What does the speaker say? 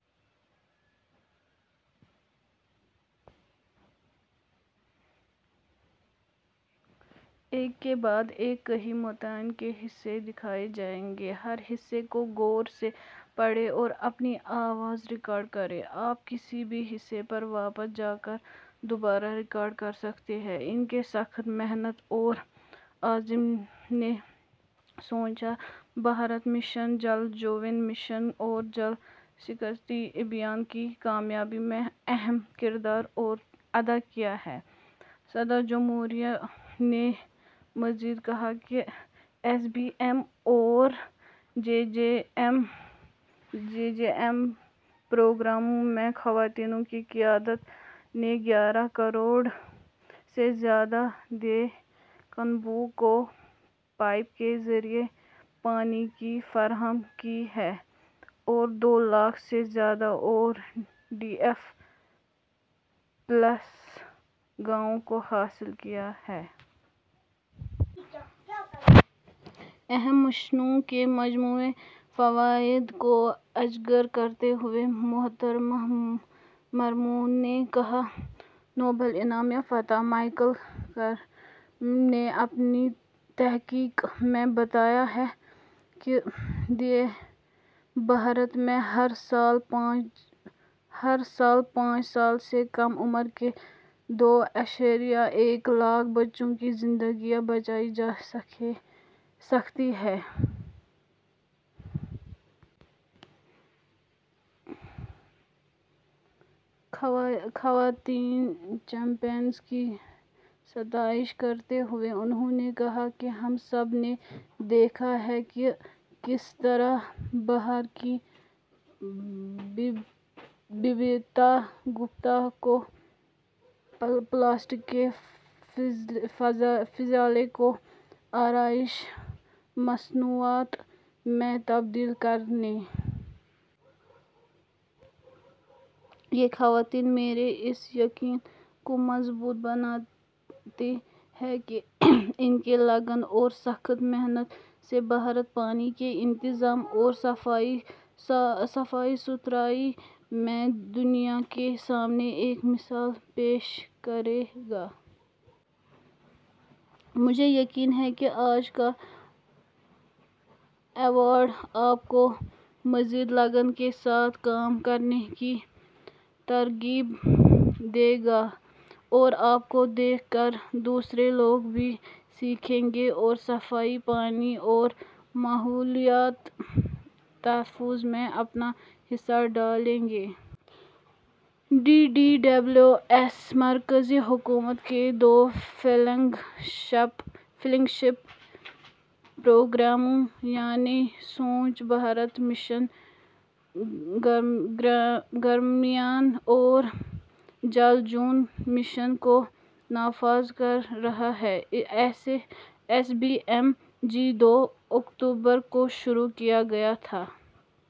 ان کی سخت محنت اور عزم نے سوچھ بھارت مشن، جل جیون مشن اور جل شکتی ابھیان کی کامیابی میں اہم کردار ادا کیا ہے۔ صدر جمہوریہ نے مزید کہا کہ ایس بی ایم اور جے جے ایم پروگراموں میں خواتین کی قیادت نے گیارہ کروڑ سے زیادہ دیہی کنبوں کو پائپ کے ذریعے پانی کی فراہمی کی ہے اور دو لاکھ سے زیادہ او ڈی ایف پلس گاؤوں کو حاصل کیا ہے۔ اہم مشنوں کے مجموعی فوائد کو اجاگر کرتے ہوئے محترمہ مرمو نے کہا، ''نوبل انعام یافتہ مائیکل کریمر نے اپنی تحقیق میں بتایا ہے کہ دیہی بھارت میں ہر سال پانچ سال سے کم عمر کے دو اعشاریہ ایک لاکھ بچوں کی زندگیاں بچائی جا سکتی ہیں۔ '' خواتین چیمپیئنز کی ستائش کرتے ہوئے انھوں نے کہا کہ ہم سب نے دیکھا ہے کہ کس طرح بہار کی ببیتا گپتا کو پلاسٹک کے فضلے کو آرائشی مصنوعات میں تبدیل کرنے یہ خواتین میرے اس یقین کو مضبوط بناتی ہیں کہ ان کی لگن اور سخت محنت سے بھارت پانی کے انتظام اور صفائی ستھرائی میں دنیا کے سامنے ایک مثال پیش کرے گا۔ مجھے یقین ہے کہ آج کا ایوارڈ آپ کو مزید لگن کے ساتھ کام کرنے کی ترغیب دے گا اور آپ کو دیکھ کر دوسرے لوگ بھی سیکھیں گے اور صفائی، پانی اور ماحولیاتی تحفظ میں اپنا حصہ ڈالیں گے۔ ڈی ڈی ڈبلیو ایس مرکزی حکومت کے دو فلیگ شپ پروگراموں یعنی سوچھ بھارت مشن گرامین اور جل جیون مشن کو نافذ کر رہا ہے۔ ایس بی ایم-جی دو اکتوبر کو شروع کیا گیا تھا،